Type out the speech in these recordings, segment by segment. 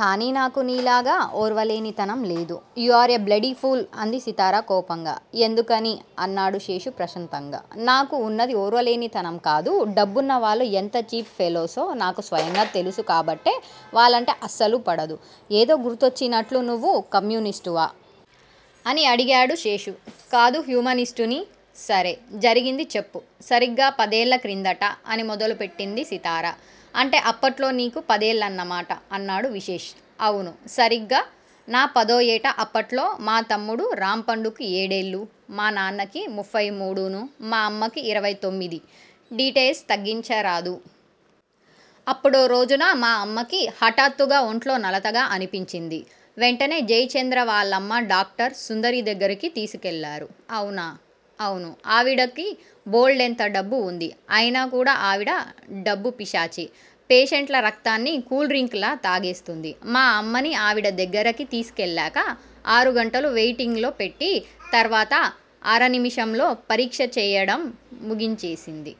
కానీ నాకు నీలాగా ఓర్వలేనితనం లేదు. యూఆర్ ఏ బ్లడీఫూల్ అంది సితార కోపంగా. ఎందుకని? అన్నాడు శేషు ప్రశాంతంగా. నాకు ఉన్నదీ ఓర్వలేనితనం కాదు. డబ్బున్న వాళ్ళు ఎంత ఛీప్ ఫెలో సో నాకు స్వయంగా తెలుసు కాబట్టే వాళ్ళంటే అస్సలు పడదు. ఏదో గుర్తొచ్చినట్లు నువ్వు కమ్యూనిస్టువా? అని అడిగాడు శేషు. కాదు హ్యూమనిస్టుని. సరే! జరిగింది చెప్పు. సరిగ్గా పదేళ్ళ క్రిందట అని మొదలెట్టింది సితార. అంటే అప్పట్లో నీకు పదేళ్ళన్నమాట అన్నాడు విశేష్. అవును! సరిగ్గా నా పదో ఏట, అప్పట్లో మా తమ్ముడు రాంపండుకి ఏడేళ్ళూ, మా నాన్నకి ముఫ్ఫయి మూడూనూ, మా అమ్మకి ఇరవై తొమ్మిది డిటెయిల్స్ తగ్గించరాదూ? అప్పుడో రోజున మా అమ్మకి హఠాత్తుగా ఒంట్లో నలతగా అనిపించింది. వెంటనే జెయ్ చంద్ర వాళ్ళమ్మ డాక్టర్ సుందరి దగ్గరకు తీసుకెళ్ళారు. ఔనా? ఔను! ఆవిడకి బోల్డెంత డబ్బు వుంది. అయినా కూడా ఆవిడ డబ్బుపిశాచే. పేషెంట్ల రక్తాన్ని కూల్ డ్రింక్ లా తాగేస్తుంది. మా అమ్మని ఆవిడ దగ్గరికి తీసుకెళ్ళాక ఆరుగంటలు వెయిటింగులో పెట్టి, తర్వాత అరనిమిషంలో పరీక్షచెయ్యడం ముగించేసింది.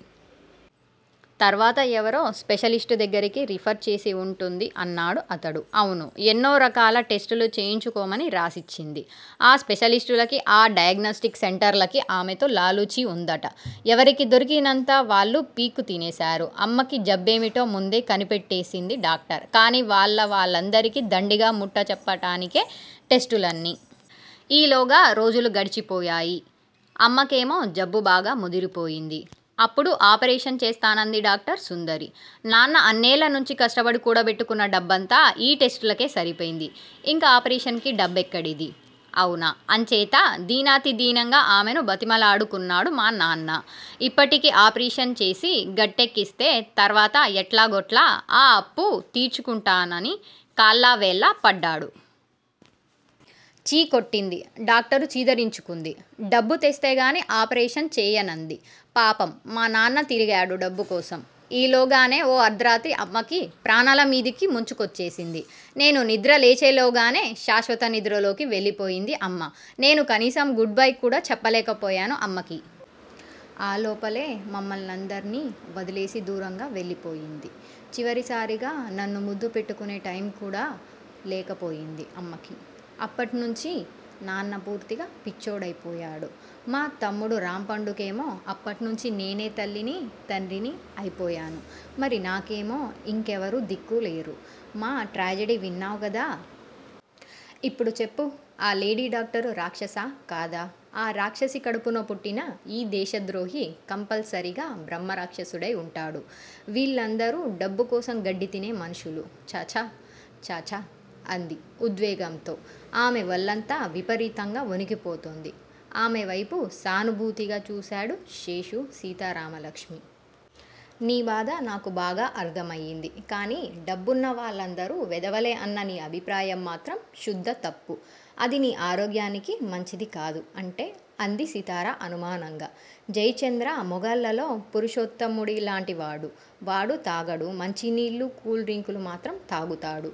తర్వాత ఎవరో స్పెషలిస్టు దగ్గరికి రిఫర్ చేసి వుంటుంది అన్నాడు అతడు. అవును! ఎన్నో రకాల టెస్టులు చేయించుకోమని రాసిచ్చింది. ఆ స్పెషలిస్టులకీ, ఆ డయాగ్నోస్టిక్ సెంటర్లకీ ఆమెతో లాలూచీ వుందట. ఎవరికి దొరికినంత వాళ్ళు పీక్కు తినేశారు. అమ్మకి జబ్బేమిటో ముందే కనిపెట్టేసింది డాక్టర్, కానీ వాళ్ళ వాళ్ళందరికీ దండిగా ముట్టచెప్పడానికే టెస్టులన్నీ. ఈలోగా రోజులు గడచిపోయాయి. అమ్మకేమో జబ్బుబాగా ముదిరిపోయింది. అప్పుడు ఆపరేషన్ చేస్తానంది డాక్టర్ సుందరి. నాన్న అన్నేళ్ళనుంచి కష్టపడి కూడబెట్టుకున్న డబ్బంతా ఈ టెస్టులకే సరిపోయింది. ఇంక ఆపరేషన్ కి డబ్బెక్కడిదీ? అవునా? అంచేత దీనాతిదీనంగా ఆమెని బతిమలాడుకున్నాడు మా నాన్న. ఇప్పటికి ఆపరేషన్ చేసి గట్టెక్కిస్తే తర్వాత ఎట్లాగొట్లా ఆ అప్పు తీర్చుకుంటానని కాళ్ళా వేళ్ళా పడ్డాడు. ఛీ కొట్టింది డాక్టరు, చీదరించుకుంది. డబ్బుతెస్తేగానీ ఆపరేషన్ చెయ్యనంది. పాపం మా నాన్న తిరిగాడు డబ్బు కోసం. ఈలోగానే ఓ అర్దరాత్రి అమ్మకి ప్రాణాలమీదికి ముంచుకొచ్చేసింది. నేను నిద్ర లేచేలోగానే శాశ్వత నిద్రలోకి వెళ్ళిపోయింది అమ్మ. నేను కనీసం గుడ్ బై కూడా చెప్పలేకపోయాను అమ్మకి. ఆ లోపలే మమ్మల్నందర్నీ వదిలేసి దూరంగా వెళ్ళిపోయింది. చివరిసారిగా నన్ను ముద్దు పెట్టుకునే టైముకూడా లేకపోయింది అమ్మకి. అప్పట్నుంచీ నాన్న పూర్తిగా పిచ్చోడైపోయాడు. మా తమ్ముడు రాంపండుకేమో అప్పట్నుంచీ నేనే తల్లినీ, తండ్రినీ అయిపోయాను. మరి నాకేమో యింకెవరూ దిక్కు లేరు. మా ట్రాజెడీ విన్నావ్ గదా! ఇప్పుడు చెప్పు. ఆ లేడీ డాక్టరు రాక్షసా కాదా? ఆ రాక్షసి కడుపున పుట్టిన ఈ దేశద్రోహి కంపల్సరీగా బ్రహ్మరాక్షసుడై వుంటాడు. వీళ్ళందరూ డబ్బుకోసం గడ్డితినే మనుషులు. ఛఛ ఛఛ! అంది. ఉద్వేగంతో ఆమె వళ్ళంతా విపరీతంగా ఒణికిపోతోంది. ఆమెవైపు సానుభూతిగా చూశాడు శేషు సీతారామలక్ష్మీ! నీ బాధ నాకు బాగా అర్ధమయ్యింది. కానీ డబ్బున్నవాళ్ళందరూ వెధవలే అన్న నీ అభిప్రాయం మాత్రం శుద్ద తప్పు. అది నీ ఆరోగ్యానికి మంచిది కాదు. అంటే? అంది సితార అనుమానంగా. జెయ్ చంద్ర మొగాళ్ళలో పురుషోత్తముడిలాంటివాడు. వాడు తాగడు. మంచినీళ్ళు, కూల్ డ్రింకులూ మాత్రం తాగుతాడు.